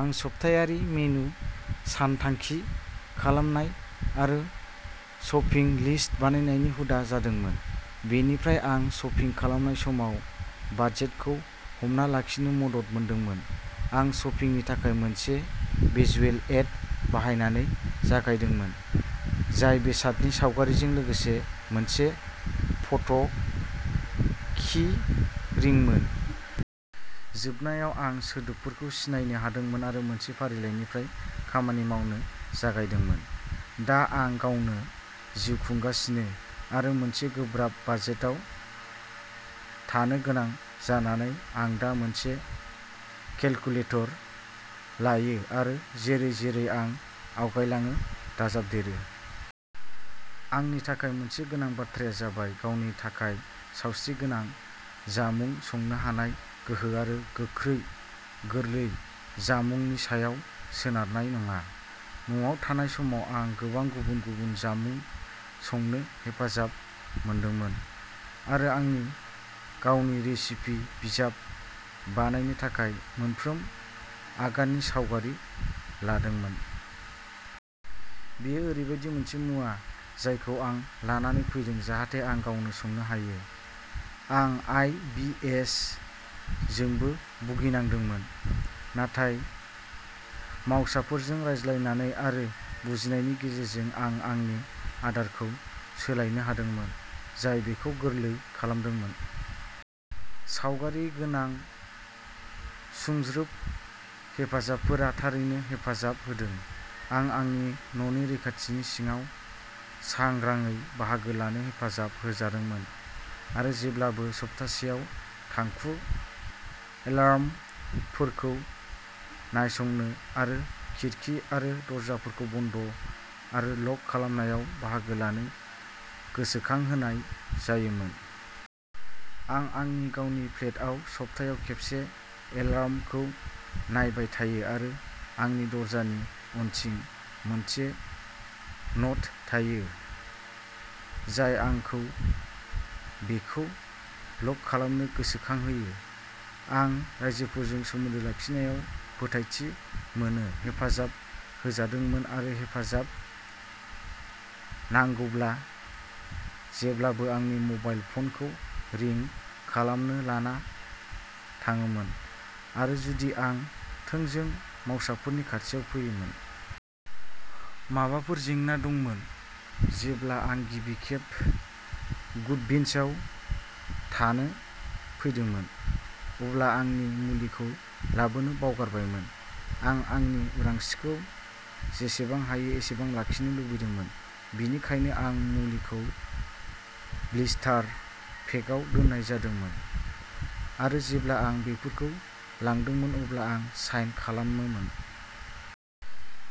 आं सप्तायारि मेनु सानथांखि खालामनाय आरो शपिं लिस्ट बानायनायनि हुदा जादोंमोन। बेनिफ्राय आं शपिं खालामनाय समाव बाजेटखौ हमथाना लाखिनो मदद मोनदोंमोन। आं शपिंनि थाखाय मोनसे भिजुएल एइड बाहायनानै जागायदोंमोन, जाय बेसादनि सावगारिजों लोगोसे मोनसे फट'की रिंमोन। जोबनायाव आं सोदोबफोरखौ सिनायनो हादोंमोन आरो मोनसे फारिलाइनिफ्राय खामानि मावनो जागायदोंमोन। दा आं गावनो जिउ खुंगासिनो आरो मोनसे गोब्राब बाजेटआव थानो गोनां जानानै आं दा मोनसे केलकुलेटर लायो आरो जेरै-जेरै आं आवगायलाङो, दाजाबदेरो। आंनि थाखाय मोनसे गोनां बाथ्राया जाबाय गावनि थाखाय सावस्रिगोनां जामुं संनो हानाय गोहो आरो गोख्रै गोरलै जामुंनि सायाव सोनारनाय नङा। न'आव थानाय समाव आं गोबां गुबुन-गुबुन जामुं संनो हेफाजाब मोनदोंमोन आरो आंनि गावनि रेसिपि बिजाब बानायनो थाखाय मोनफ्रोम आगाननि सावगारि लादोंमोन। बेयो ओरैबायदि मोनसे मुवा जायखौ आं लानानै फैदों जाहाथे आं गावनो संनो हायो। आं आइ. बि. एस. जोंबो भुगिनांदोंमोन, नाथाय मावसाफोरजों रायज्लायनानै आरो बुजिनायनि गेजेरजों आं आंनि आदारखौ सोलायनो हादोंमोन, जाय बेखौ गोरलै खालामदोंमोन। सावगारि गोनां सुंज्रोब हेफाजाबफोरा थारैनो हेफाजाब होदों। आं आंनि न'नि रैखाथिनि सिङाव सांग्राङै बाहागो लानो हेफाजाब होजादोंमोन आरो जेब्लाबो सप्तासेयाव थांखु एलार्मफोरखौ नायसंनो आरो खिरखि आरो दरजाफोरखौ बन्द आरो लक खालामनायाव बाहागो लानो गोसोखांहोनाय जायोमोन। आं आंनि गावनि फ्लेटआव सप्तायाव खेबसे एलार्मखौ नायबाय थायो आरो आंनि दरजानि उनथिं मोनसे न'ट थायो, जाय आंखौ बेखौ लक खालामनो गोसोखांहोयो। आं राइजोफोरजों सोमोन्दो लाखिनायाव फोथायथि मोननो हेफाजाब होजादोंमोन आरो हेफाजाब नांगौब्ला जेब्लाबो आंनि मबाइल फ'नखौ रिं खालामनो लाना थाङोमोन आरो जुदि आं थोंजों मावसाफोरनि खाथियाव फैयोमोन। माबाफोर जेंना दंमोन। जेब्ला आं गिबि खेब गुडविन्सआव थानो फैदोंमोन, अब्ला आं आंनि मुलिखौ लानो बावगारबायमोन। आं आंनि उदांस्रिखौ जेसेबां हायो एसेबां लाखिनो लुबैदोंमोन, बेनिखायनो आंनि मुलिखौ ब्लिस्टार पेकआव दोननाय जादोंमोन आरो जेब्ला आं बेफोरखौ लादोंमोन अब्ला आं साइन खालामोमोन।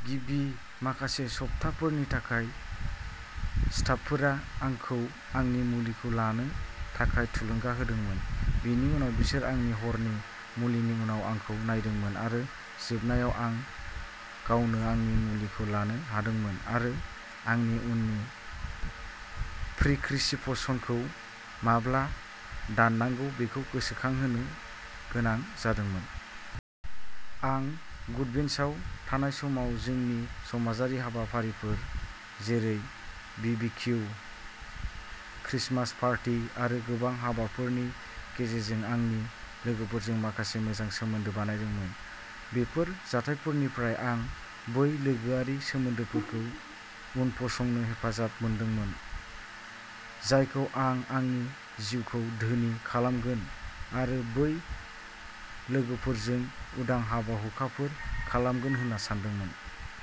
गिबि माखासे सप्ताफोरनि थाखाय स्टाफफोरा आंखौ आंनि मुलिखौ लानो थाखाय थुलुंगा होदोंमोन, बेनि उनाव बिसोर आंनि हरनि मुलिनि उनाव आंखौ नायदोंमोन आरो जोबनायाव आं गावनो आंनि मुलिखौ लानो हादोंमोन आरो आंनि उननि प्रिस्क्रिप्शनखौ माब्ला दोननांगौ बेखौ गोसोखांहोनो गोनां जादोंमोन। आं गुडविन्सआव थानाय समाव जोंनि समाजारि हाबाफारिफोर जेरै बिबिकिउ, क्रिसमास पार्टी आरो गोबां हाबाफोरनि गेजेरजों आंनि लोगोफोरजों माखासे मोजां सोमोन्दो बानायदोंमोन। बेफोर जाथायफोरनिफ्राय आं बै लोगोआरि सोमोन्दोफोरखौ उनसंनो हेफाजाब मोनदोंमोन, जायखौ आं आंनि जिउखौ धोनि खालामगोन आरो बै लोगोफोरजों उदां हाबा-हुखाफोर खालामगोन होन्ना सान्दोंमोन।